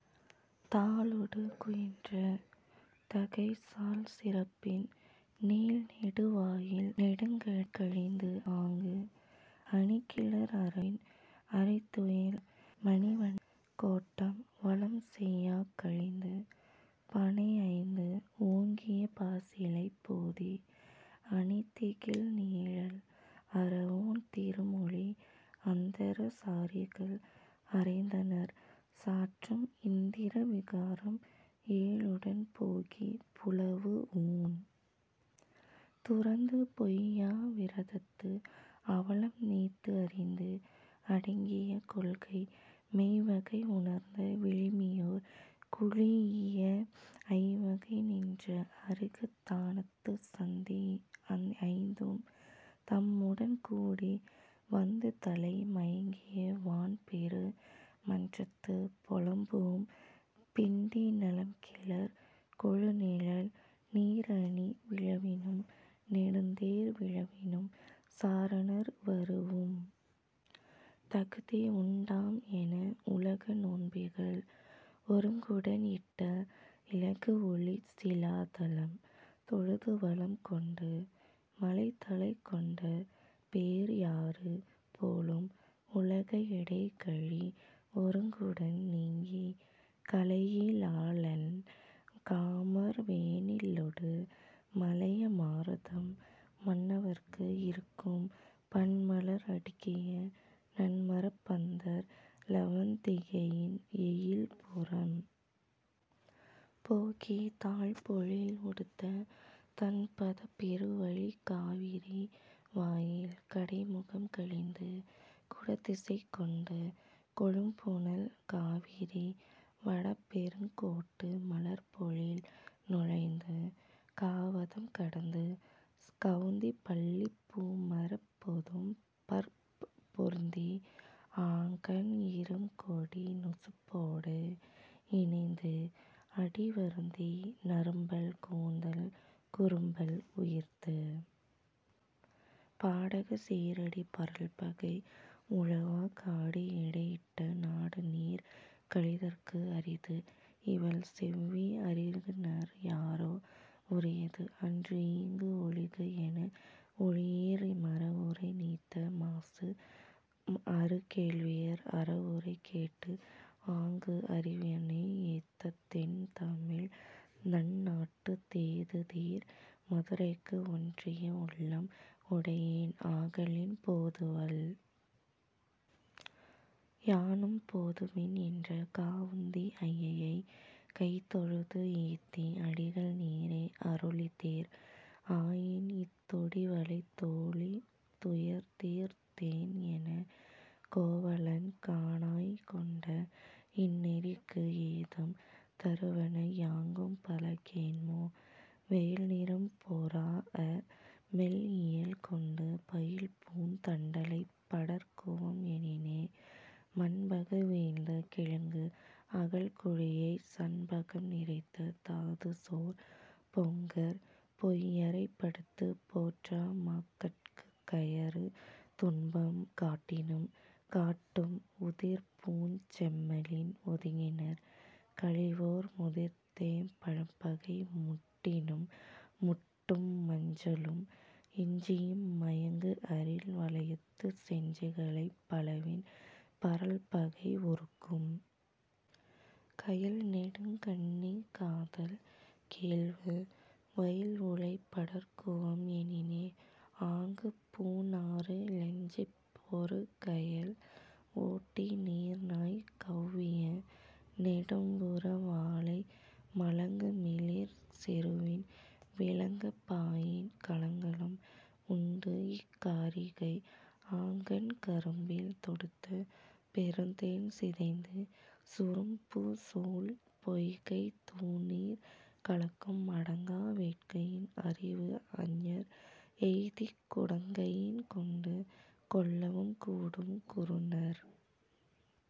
தாளொடு குயின்ற தகைசால் சிறப்பின் நீள்நெடு வாயில் நெடுங்கடை கழிந்துஆங்கு, அணிகிளர் அரவின் அறிதுயில் அமர்ந்த மணிவண்ணன் கோட்டம் வலம்செயாக் கழிந்து, பணைஐந்து ஓங்கிய பாசிலைப் போதி அணிதிகழ் நீழல் அறவோன் திருமொழி அந்தர சாரிகள் அறைந்தனர் சாற்றும் இந்திர விகாரம் ஏழுடன் போகி, புலவுஊண் துறந்து பொய்யா விரதத்து அவலம் நீத்துஅறிந்து அடங்கிய கொள்கை மெய்வகை உணர்ந்த விழுமியோர் குழீஇய ஐவகை நின்ற அருகத் தானத்துச் சந்தி ஐந்தும் தம்முடன் கூடி வந்துதலை மயங்கிய வான்பெரு மன்றத்துப் பொலம்பூம் பிண்டி நலம்கிளர் கொழுநிழல் நீர்அணி விழவினும் நெடுந்தேர் விழவினும் சாரணர் வருஉம் தகுதிஉண் டாம்என உலக நோன்பிகள் ஒருங்குடன் இட்ட இலகுஒளிச் சிலாதலம் தொழுதுவலம் கொண்டு, மலைதலைக் கொண்ட பேர்யாறு போலும் உலக இடைகழி ஒருங்குடன் நீங்கி, கலையி லாளன் காமர் வேனிலொடு மலைய மாருதம் மன்னவற்கு இறுக்கும் பன்மலர் அடுக்கிய நன்மரப் பந்தர் இலவந் திகையின் எயில்புறம் போகி, தாழ்பொழில் உடுத்த தண்பதப் பெருவழிக் காவிரி வாயில் கடைமுகம் கழிந்து, குடதிசைக் கொண்டு கொழும்புனல் காவிரி வடபெருங் கோட்டு மலர்ப்பொழில் நுழைந்து, காவதம் கடந்து கவுந்திப் பள்ளிப் பூமரப் பொதும்பர்ப் பொருந்தி ஆங்கண் இறும்கொடி நுசுப்போடு இனைந்துஅடி வருந்தி நறும்பல் கூந்தல் குறும்பல் உயிர்த்து பாடகச் சீறடி பரல்பகை உழவா காடுஇடை யிட்ட நாடுநீர் கழிதற்கு அரிதுஇவள் செவ்வி அறிகுநர் யாரோ உரியது அன்றுஈங்கு ஒழிகஎன ஒழியீர் மறஉரை நீத்த மாசுஅறு கேள்வியர் அறஉரை கேட்டுஆங்கு அறிவனை ஏத்தத் தென்தமிழ் நன்னாட்டுத் தீதுதீர் மதுரைக்கு ஒன்றிய உள்ளம் உடையேன் ஆகலின் போதுவல் யானும் போதுமின் என்ற காவுந்தி ஐயையைக் கைதொழுது ஏத்தி அடிகள் நீரே அருளிதிர் ஆயின்இத் தொடிவளைத் தோளி துயர்த்தீர்த் தேன்என, கோவலன் காணாய் கொண்ட இந்நெறிக்கு ஏதம் தருவன யாங்கும்பல கேண்மோ: வெயில்நிறம் பொறாஅ மெல்இயல் கொண்டு பயில்பூந் தண்டலைப் படர்குவம் எனினே, மண்பக வீழ்ந்த கிழங்குஅகழ் குழியைச் சண்பகம் நிறைத்த தாதுசோர் பொங்கர் பொய்யறைப் படுத்துப் போற்றா மாக்கட்குக் கையறு துன்பம் காட்டினும் காட்டும், உதிர்ப்பூஞ் செம்மலின் ஒதுங்கினர் கழிவோர் முதிர்த்தேம் பழம்பகை முட்டினும் முட்டும், மஞ்சளும் இஞ்சியும் மயங்குஅரில் வலயத்துச் செஞ்சுளைப் பலவின் பரல்பகை உறுக்கும். கயல்நெடுங் கண்ணி காதல் கேள்வ. வயல்உழைப் படர்க்குவம் எனினே ஆங்குப் பூநாறு இலஞ்சிப் பொருகயல் ஓட்டி நீர்நாய் கெளவிய நெடும்புற வாளை மலங்குமிளிர் செறுவின் விலங்கப் பாயின் கலங்கலும் உண்டுஇக் காரிகை, ஆங்கண் கரும்பில் தொடுத்த பெருந்தேன் சிதைந்து சுரும்புசூழ் பொய்கைத் தூநீர் கலக்கும் அடங்கா வேட்கையின் அறிவுஅஞர் எய்திக் குடங்கையின் கொண்டு கொள்ளவும் கூடும், குறுநர்